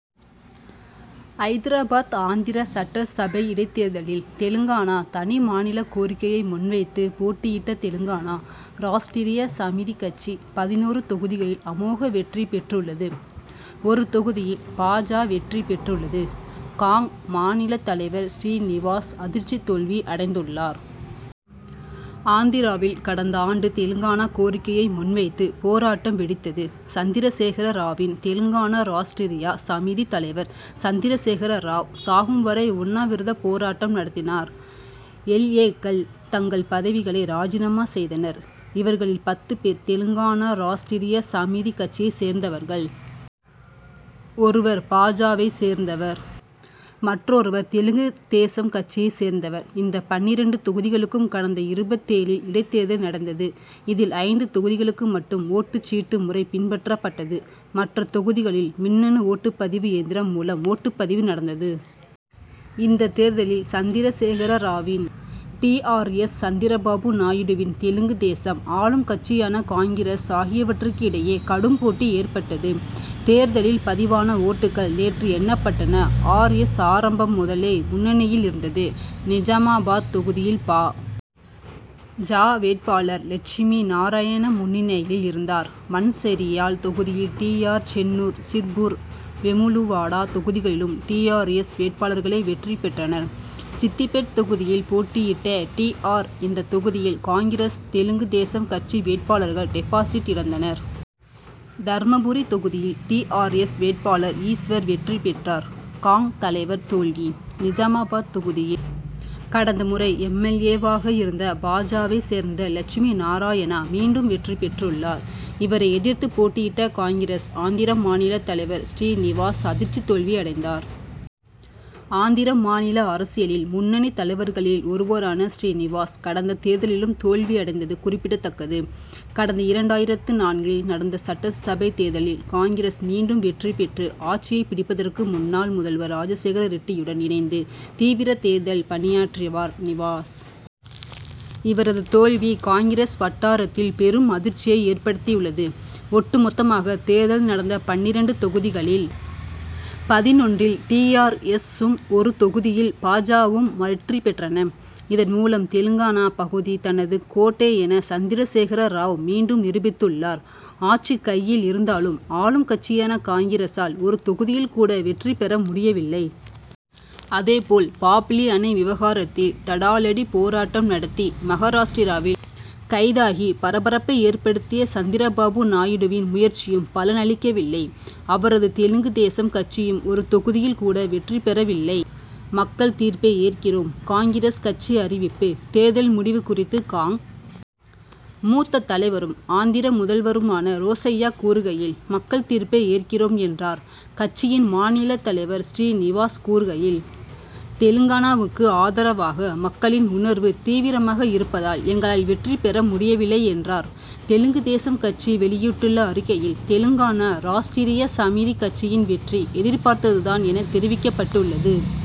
ஐதராபாத் ஆந்திர சட்டசபை இடைத் தேர்தலில், தெலுங்கானா தனி மாநில கோரிக்கையை முன்வைத்து போட்டியிட்ட தெலுங்கானா ராஷ்டிரிய சமிதி கட்சி, பதினொரு தொகுதிகளில் அமோக வெற்றி பெற்றுள்ளது. ஒரு தொகுதியில் பா. ஜ., வெற்றி பெற்றுள்ளது. காங்., மாநில தலைவர் ஸ்ரீநிவாஸ் அதிர்ச்சி தோல்வி அடைந்துள்ளார். ஆந்திராவில் கடந்தாண்டு தெலுங்கானா கோரிக்கையை முன்வைத்து, போராட்டம் வெடித்தது. சந்திரசேகர ராவின் தெலுங்கானா ராஷ்டிரிய சமிதி தலைவர் சந்திரசேகர ராவ், சாகும் வரை உண்ணாவிரத போராட்டம் நடத்தினார். எல். ஏ.,க்கள் தங்கள் பதவிகளை ராஜினாமா செய்தனர். இவர்களில் பத்து பேர் தெலுங்கானா ராஷ்டிரிய சமிதி கட்சியை சேர்ந்தவர்கள். ஒருவர் பா. ஜ.,வைச் சேர்ந்தவர். மற்றொருவர் தெலுங்கு தேசம் கட்சியை சேர்ந்தவர். இந்த பன்னிரண்டு தொகுதிகளுக்கும் கடந்த இருபத்தேழில் இடைத்தேர்தல் நடந்தது. இதில், ஐந்து தொகுதிகளுக்கு மட்டும் ஓட்டுச் சீட்டு முறை பின்பற்றப்பட்டது. மற்ற தொகுதிகளில் மின்னணு ஓட்டுப் பதிவு இயந்திரம் மூலம் ஓட்டுப் பதிவு நடந்தது. இந்த தேர்தலில் சந்திரசேகர ராவின் டி. ஆர். எஸ்., சந்திரபாபு நாயுடுவின் தெலுங்கு தேசம், ஆளும் கட்சியான காங்கிரஸ் ஆகியவற்றுக்கு இடையே கடும் போட்டி ஏற்பட்டது. தேர்தலில் பதிவான ஓட்டுகள் நேற்று எண்ணப்பட்டன. ஆர். எஸ்., ஆரம்பம் முதலே முன்னணியில் இருந்தது. நிஜாமாபாத் தொகுதியில் பா. ஜ., வேட்பாளர் லஷ்மி நாராயணா முன்னணியில் இருந்தார். மன்செரியால் தொகுதியில் டி. ஆர். சென்னூர், சிர்புர், வெமுலுவாடா தொகுதிகளிலும் டி. ஆர். எஸ்., வேட்பாளர்களே வெற்றி பெற்றனர். சித்திபேட் தொகுதியில் போட்டியிட்ட டி. ஆர். இந்த தொகுதியில் காங்கிரஸ், தெலுங்கு தேசம் கட்சி வேட்பாளர்கள் டிபாசிட் இழந்தனர். தர்மாபுரி தொகுதியில் டி. ஆர். எஸ்., வேட்பாளர் ஈஸ்வர் வெற்றி பெற்றார். காங்., தலைவர் தோல்வி: நிஜாமாபாத் தொகுதியில் கடந்த முறை எம். எல். ஏ.,வாக இருந்த பா. ஜ.,வைச் சேர்ந்த லட்சுமி நாராயணா, மீண்டும் வெற்றி பெற்றுள்ளார். இவரை எதிர்த்து போட்டியிட்ட காங்கிரஸ் ஆந்திர மாநில தலைவர் ஸ்ரீநிவாஸ் அதிர்ச்சி தோல்வி அடைந்தார். ஆந்திர மாநில அரசியலில் முன்னணி தலைவர்களில் ஒருவரான ஸ்ரீநிவாஸ், கடந்த தேர்தலிலும் தோல்வி அடைந்தது குறிப்பிடத்தக்கது. கடந்த இரண்டாயிரத்து நான்கில் நடந்த சட்டசபை தேர்தலில் காங்கிரஸ் மீண்டும் வெற்றி பெற்று, ஆட்சியை பிடிப்பதற்கு முன்னாள் முதல்வர் ராஜசேகர ரெட்டியுடன் இணைந்து, தீவிர தேர்தல் பணியாற்றிவர் ஸ்ரீநிவாஸ். இவரது தோல்வி, காங்கிரஸ் வட்டாரத்தில் பெரும் அதிர்ச்சியை ஏற்படுத்தியுள்ளது. ஒட்டுமொத்தமாக, தேர்தல் நடந்த பன்னிரண்டு தொகுதிகளில் பதினொன்றில் டி. ஆர். எஸ்.,சும், ஒரு தொகுதியில் பா. ஜ.,வும் வெற்றி பெற்றன. இதன்மூலம், தெலுங்கானா பகுதி தனது கோட்டை என, சந்திரசேகர ராவ் மீண்டும் நிரூபித்துள்ளார். ஆட்சி கையில் இருந்தாலும், ஆளும் கட்சியான காங்கிரசால் ஒரு தொகுதியில் கூட வெற்றி பெற முடியவில்லை. அதேபோல், பாப்லி அணை விவகாரத்தில் தடாலடி போராட்டம் நடத்தி, மகாராஷ்டிராவில் கைதாகி பரபரப்பை ஏற்படுத்திய சந்திரபாபு நாயுடுவின் முயற்சியும் பலன் அளிக்கவில்லை. அவரது தெலுங்கு தேசம் கட்சியும் ஒரு தொகுதியில் கூட வெற்றி பெறவில்லை. மக்கள் தீர்ப்பை ஏற்கிறோம் காங்கிரஸ் கட்சி அறிவிப்பு: தேர்தல் முடிவு குறித்து காங்., மூத்த தலைவரும், ஆந்திர முதல்வருமான ரோசய்யா கூறுகையில்,"மக்கள் தீர்ப்பை ஏற்கிறோம்'என்றார். கட்சியின் மாநில தலைவர் ஸ்ரீநிவாஸ் கூறுகையில், "தெலுங்கானாவுக்கு ஆதரவாக மக்களின் உணர்வு தீவிரமாக இருப்பதால், எங்களால் வெற்றி பெற முடியவில்லை' என்றார். தெலுங்கு தேசம் கட்சி வெளியிட்டுள்ள அறிக்கையில்,"தெலுங்கானா ராஷ்டிரிய சமிதி கட்சியின் வெற்றி, எதிர்பார்த்தது தான்' என, தெரிவிக்கப்பட்டுள்ளது.